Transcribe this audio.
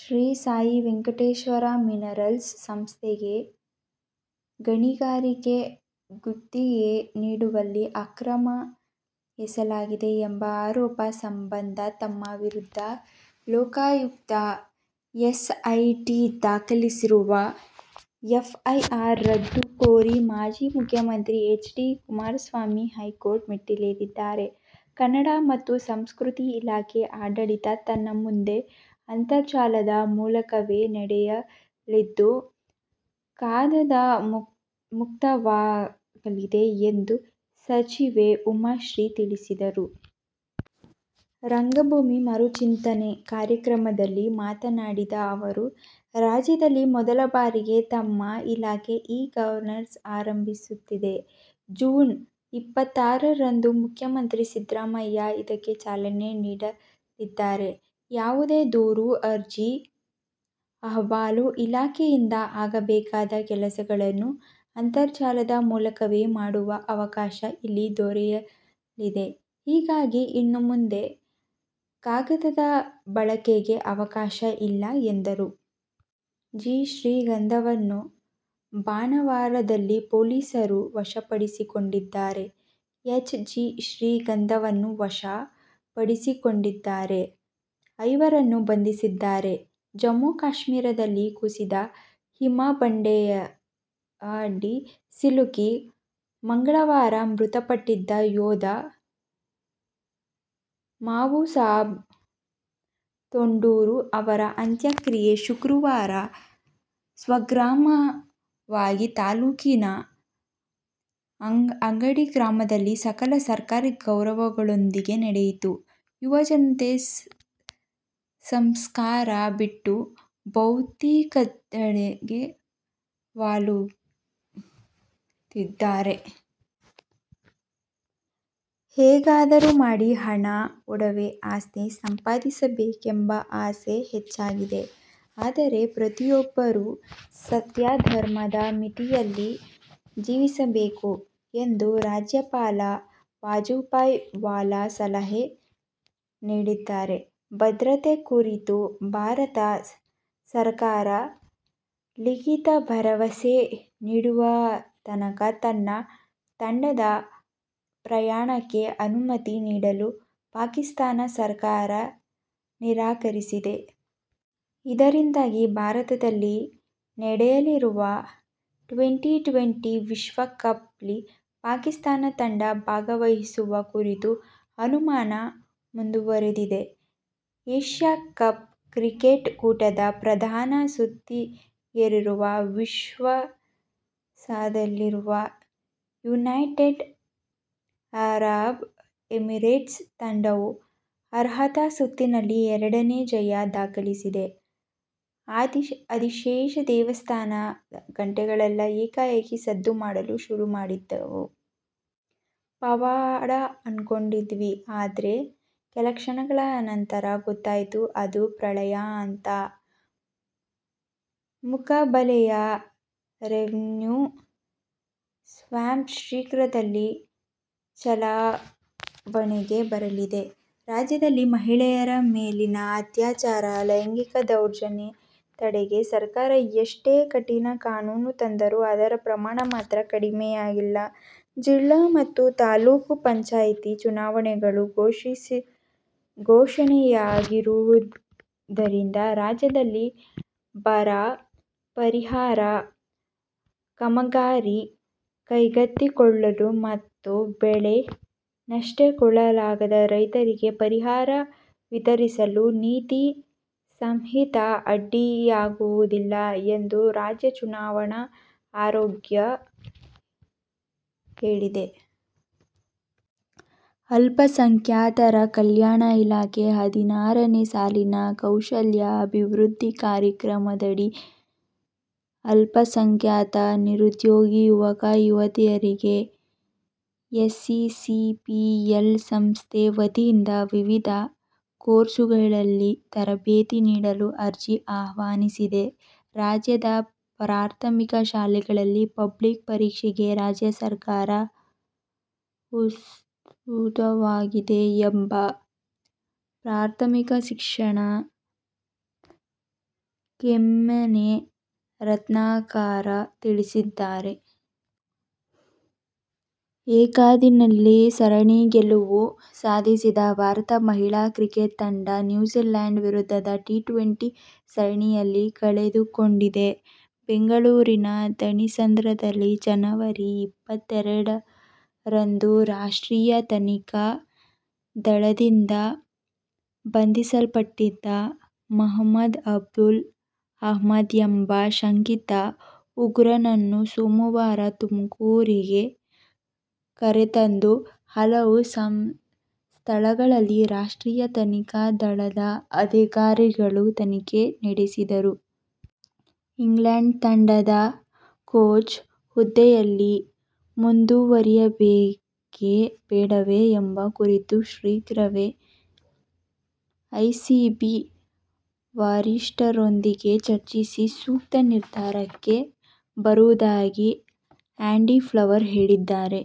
Shri Sai Venkateshwara minerals ಸಂಸ್ಥೆಗೆ ಗಣಿಗಾರಿಕೆ ಗುತ್ತಿಗೆ ನೀಡುವಲ್ಲಿ ಅಕ್ರಮ ಎಸಲಾಗಿದೆ ಎಂಬ ಆರೋಪ ಸಂಬಂಧ ತಮ್ಮ ವಿರುದ್ಧ ಲೋಕಾಯುಕ್ತ ಎಸ್ಐಟಿ ದಾಖಲಿಸಿರುವ ಎಫ್ಐಆರ್ ರದ್ದು ಕೋರಿ ಮಾಜಿ ಮುಖ್ಯಮಂತ್ರಿ ಎಚ್. ಡಿ. ಕುಮಾರಸ್ವಾಮಿ ಹೈಕೋರ್ಟ್ ಮೆಟ್ಟಿಲೇರಿದ್ದಾರೆ. ಕನ್ನಡ ಮತ್ತು ಸಂಸ್ಕೃತಿ ಇಲಾಖೆ ಆಡಳಿತ ಇನ್ನು ಮುಂದೆ ಅಂತರ್ಜಾಲದ ಮೂಲಕವೇ ನಡೆಯಲಿದ್ದು ಕಾಗದ ಮುಕ್ತವಾಗಲಿದೆ ಎಂದು ಸಚಿವೆ ಉಮಾಶ್ರೀ ತಿಳಿಸಿದರು. "ರಂಗಭೂಮಿ ಮರುಚಿಂತನೆ' ಕಾರ್ಯಕ್ರಮದಲ್ಲಿ ಮಾತನಾಡಿದ ಅವರು, ರಾಜ್ಯದಲ್ಲಿ ಮೊದಲ ಬಾರಿಗೆ ನಮ್ಮ ಇಲಾಖೆ ಇ-ಗವರ್ನನ್ಸ್ ಆರಂಭಿಸುತ್ತಿದೆ. ಜೂನ್ ಇಪ್ಪತ್ತಾರರಂದು ಮುಖ್ಯಮಂತ್ರಿ ಸಿದ್ದರಾಮಯ್ಯ ಇದಕ್ಕೆ ಚಾಲನೆ ನೀಡಲಿದ್ದಾರೆ. ಯಾವುದೇ ದೂರು, ಅರ್ಜಿ, ಅಹವಾಲು, ಇಲಾಖೆಯಿಂದ ಆಗಬೇಕಾದ ಕೆಲಸಗಳನ್ನು ಅಂತರ್ಜಾಲದ ಮೂಲಕವೇ ಮಾಡುವ ಅವಕಾಶ ಇಲ್ಲಿ ದೊರೆಯಲಿದೆ. ಹೀಗಾಗಿ ಇನ್ನು ಮುಂದೆ ಕಾಗದದ ಬಳಕೆಗೆ ಅವಕಾಶ ಇಲ್ಲ ಎಂದರು. ಜಿ. ಶ್ರೀಗಂಧವನ್ನು ಬಾಣಾವರದಲ್ಲಿ ಪೊಲೀಸರು ವಶಪಡಿಸಿಕೊಂಡಿದ್ದಾರೆ. ಎಚ್. ಜಿ. ಶ್ರೀಗಂಧವನ್ನು ವಶ ಪಡಿಸಿಕೊಂಡಿದ್ದಾರೆ. ಐವರನ್ನು ಬಂಧಿಸಿದ್ದಾರೆ. ಜಮ್ಮು-ಕಾಶ್ಮೀರದಲ್ಲಿ ಕುಸಿದ ಹಿಮಬಂಡೆಯಡಿ ಸಿಲುಕಿ ಮಂಗಳವಾರ ಮೃತಪಟ್ಟಿದ್ದ ಯೋಧ ಮಾಬುಸಾಬ್ ತೊಂಡೂರ ಅವರ ಅಂತ್ಯಕ್ರಿಯೆ ಶುಕ್ರವಾರ ಸ್ವಗ್ರಾಮವಾದ ತಾಲೂಕಿನ ಅಗಡಿ ಗ್ರಾಮದಲ್ಲಿ ಸಕಲ ಸರ್ಕಾರಿ ಗೌರವಗಳೊಂದಿಗೆ ನಡೆಯಿತು. ಯುವ ಜನತೆ ಸಂಸ್ಕಾರ ಬಿಟ್ಟು ಭೌತಿಕದೆಡೆಗೆ ವಾಲುತ್ತಿದ್ದಾರೆ. ಹೇಗಾದರೂ ಮಾಡಿ ಹಣ, ಒಡವೆ, ಆಸ್ತಿ ಸಂಪಾದಿಸಬೇಕೆಂಬ ಆಸೆ ಹೆಚ್ಚಾಗಿದೆ. ಆದರೆ, ಪ್ರತಿಯೊಬ್ಬರೂ ಸತ್ಯ, ಧರ್ಮದ ಮಿತಿಯಲ್ಲಿ ಜೀವಿಸಬೇಕು ಎಂದು ರಾಜ್ಯಪಾಲ ವಜೂಭಾಯಿ ವಾಲಾ ಸಲಹೆ ನೀಡಿದ್ದಾರೆ. ಭದ್ರತೆಯ ಕುರಿತು ಭಾರತ ಸರಕಾರ ಲಿಖಿತ ಭರವಸೆ ನೀಡುವತನಕ ತನ್ನ ತಂಡದ ಪ್ರಯಾಣಕ್ಕೆ ಅನುಮತಿ ನೀಡಲು ಪಾಕಿಸ್ಥಾನ ಸರಕಾರ ನಿರಾಕರಿಸಿದೆ. ಇದರಿಂದಾಗಿ ಭಾರತದಲ್ಲಿ ನಡೆಯಲಿರುವ ಟ್ವೆಂಟಿ-ಟ್ವೆಂಟಿ ವಿಶ್ವಕಪ್ನಲ್ಲಿ ಪಾಕಿಸ್ಥಾನ ತಂಡ ಭಾಗವಹಿಸುವ ಕುರಿತ ಅನುಮಾನ ಮುಂದುವರೆದಿದೆ. ಏಶ್ಯ ಕಪ್ ಕ್ರಿಕೆಟ್ ಕೂಟದ ಪ್ರಧಾನ ಸುತ್ತಿಗೇರುವ ವಿಶ್ವಾಸದಲ್ಲಿರುವ ಯುನೈಟೆಡ್ ಅರಬ್ ಎಮಿರೇಟ್ಸ್ ತಂಡವು ಅರ್ಹತಾ ಸುತ್ತಿನಲ್ಲಿ ಎರಡನೇ ಜಯ ದಾಖಲಿಸಿದೆ. "ಆದಿಶೇಷ ದೇವಸ್ಥಾನದ ಗಂಟೆಗಳೆಲ್ಲಾ ಏಕಾಏಕಿ ಸದ್ದು ಮಾಡಲು ಶುರು ಮಾಡಿದ್ವು. ಪವಾಡ ಅಂದ್ಕೊಂಡಿದ್ವಿ. ಆದ್ರೆ ಕೆಲಕ್ಷಣಗಳ ಅನಂತರ ಗೊತ್ತಾಗಿದ್ದು ಅದು ಪ್ರಳಯ ಅಂತ. ಮುಖಬೆಲೆಯ ರೆವಿನ್ಯೂ ಸ್ಟಾಂಪ್ ಶೀಘ್ರದಲ್ಲೇ ಚಲಾವಣೆಗೆ ಬರಲಿದೆ. ರಾಜ್ಯದಲ್ಲಿ ಮಹಿಳೆಯರ ಮೇಲಿನ ಅತ್ಯಾಚಾರ, ಲೈಂಗಿಕ ದೌರ್ಜನ್ಯ ತಡೆಗೆ ಸರ್ಕಾರ ಎಷ್ಟೇ ಕಠಿಣ ಕಾನೂನು ತಂದರೂ ಅದರ ಪ್ರಮಾಣ ಮಾತ್ರ ಕಡಿಮೆಯಾಗಿಲ್ಲ. ಜಿಲ್ಲಾ ಮತ್ತು ತಾಲೂಕು ಪಂಚಾಯ್ತಿ ಚುನಾವಣೆಗಳು ಘೋಷಣೆಯಾಗಿರುವುದರಿಂದ ರಾಜ್ಯದಲ್ಲಿ ಬರ ಪರಿಹಾರ ಕಾಮಗಾರಿ ಕೈಗೆತ್ತಿಕೊಳ್ಳಲು ಮತ್ತು ಬೆಳೆ ನಷ್ಟಕ್ಕೊಳಗಾದ ರೈತರಿಗೆ ಪರಿಹಾರ ವಿತರಿಸಲು ನೀತಿ ಸಂಹಿತೆ ಅಡ್ಡಿಯಾಗುವುದಿಲ್ಲ ಎಂದು ರಾಜ್ಯ ಚುನಾವಣಾ ಆಯೋಗ ಹೇಳಿದೆ. ಅಲ್ಪಸಂಖ್ಯಾತರ ಕಲ್ಯಾಣ ಇಲಾಖೆ ಹದಿನಾರನೇ ಸಾಲಿನ ಕೌಶಲ್ಯ ಅಭಿವೃದ್ಧಿ ಕಾರ್ಯಕ್ರಮದಡಿ ಅಲ್ಪಸಂಖ್ಯಾತ ನಿರುದ್ಯೋಗಿ ಯುವಕ-ಯುವತಿಯರಿಗೆ ಎಸಿಸಿಪಿಎಲ್ ಸಂಸ್ಥೆ ವತಿಯಿಂದ ವಿವಿಧ ಕೋರ್ಸುಗಳಲ್ಲಿ ತರಬೇತಿ ನೀಡಲು ಅರ್ಜಿ ಆಹ್ವಾನಿಸಿದೆ. ರಾಜ್ಯದ ಪ್ರಾಥಮಿಕ ಶಾಲೆಗಳಲ್ಲಿ ಪಬ್ಲಿಕ್ ಪರೀಕ್ಷೆಗೆ ರಾಜ್ಯ ಸರ್ಕಾರ ಉತ್ಸುಕವಾಗಿದೆ ಎಂದು ಪ್ರಾಥಮಿಕ ಶಿಕ್ಷಣ ಕಿಮ್ಮನೆ ರತ್ನಾಕರ ತಿಳಿಸಿದ್ದಾರೆ. ಏಕದಿನದಲ್ಲಿ ಸರಣಿ ಗೆಲುವು ಸಾಧಿಸಿದ್ದ ಭಾರತ ಮಹಿಳಾ ಕ್ರಿಕೆಟ್ ತಂಡ ನ್ಯೂಜಿಲ್ಯಾಂಡ್ ವಿರುದ್ಧದ ಟಿ-ಟ್ವೆಂಟಿ ಸರಣಿಯನ್ನು ಕಳೆದುಕೊಂಡಿದೆ. ಬೆಂಗಳೂರಿನ ಥಣಿಸಂದ್ರದಲ್ಲಿ ಜನವರಿ ಇಪ್ಪತ್ತೆರಡರಂದು ರಾಷ್ಟ್ರೀಯ ತನಿಖಾ ದಳದಿಂದ ಬಂಧಿಸಲ್ಪಟ್ಟಿದ್ದ ಮಹಮದ್ ಅಬ್ದುಲ್ ಅಹಮದ್ ಎಂಬ ಶಂಕಿತ ಉಗ್ರನನ್ನು ಸೋಮವಾರ ತುಮಕೂರಿಗೆ ಕರೆತಂದು ಹಲವು ಸ್ಥಳಗಳಲ್ಲಿ ರಾಷ್ಟ್ರೀಯ ತನಿಖಾ ದಳದ ಅಧಿಕಾರಿಗಳು ತನಿಖೆ ನಡೆಸಿದರು. ಇಂಗ್ಲಂಡ್ ತಂಡದ ಕೋಚ್ ಹುದ್ದೆಯಲ್ಲಿ ಮುಂದುವರಿಯಬೇಕೇ ಬೇಡವೇ ಎಂಬ ಕುರಿತು ಶೀಘ್ರವೇ ಇಸಿಬಿ ವರಿಷ್ಠರೊಂದಿಗೆ ಚರ್ಚಿಸಿ ಸೂಕ್ತ ನಿರ್ಧಾರಕ್ಕೆ ಬರುವುದಾಗಿ ಆ್ಯಂಡಿ ಫ್ಲವರ್ ಹೇಳಿದ್ದಾರೆ.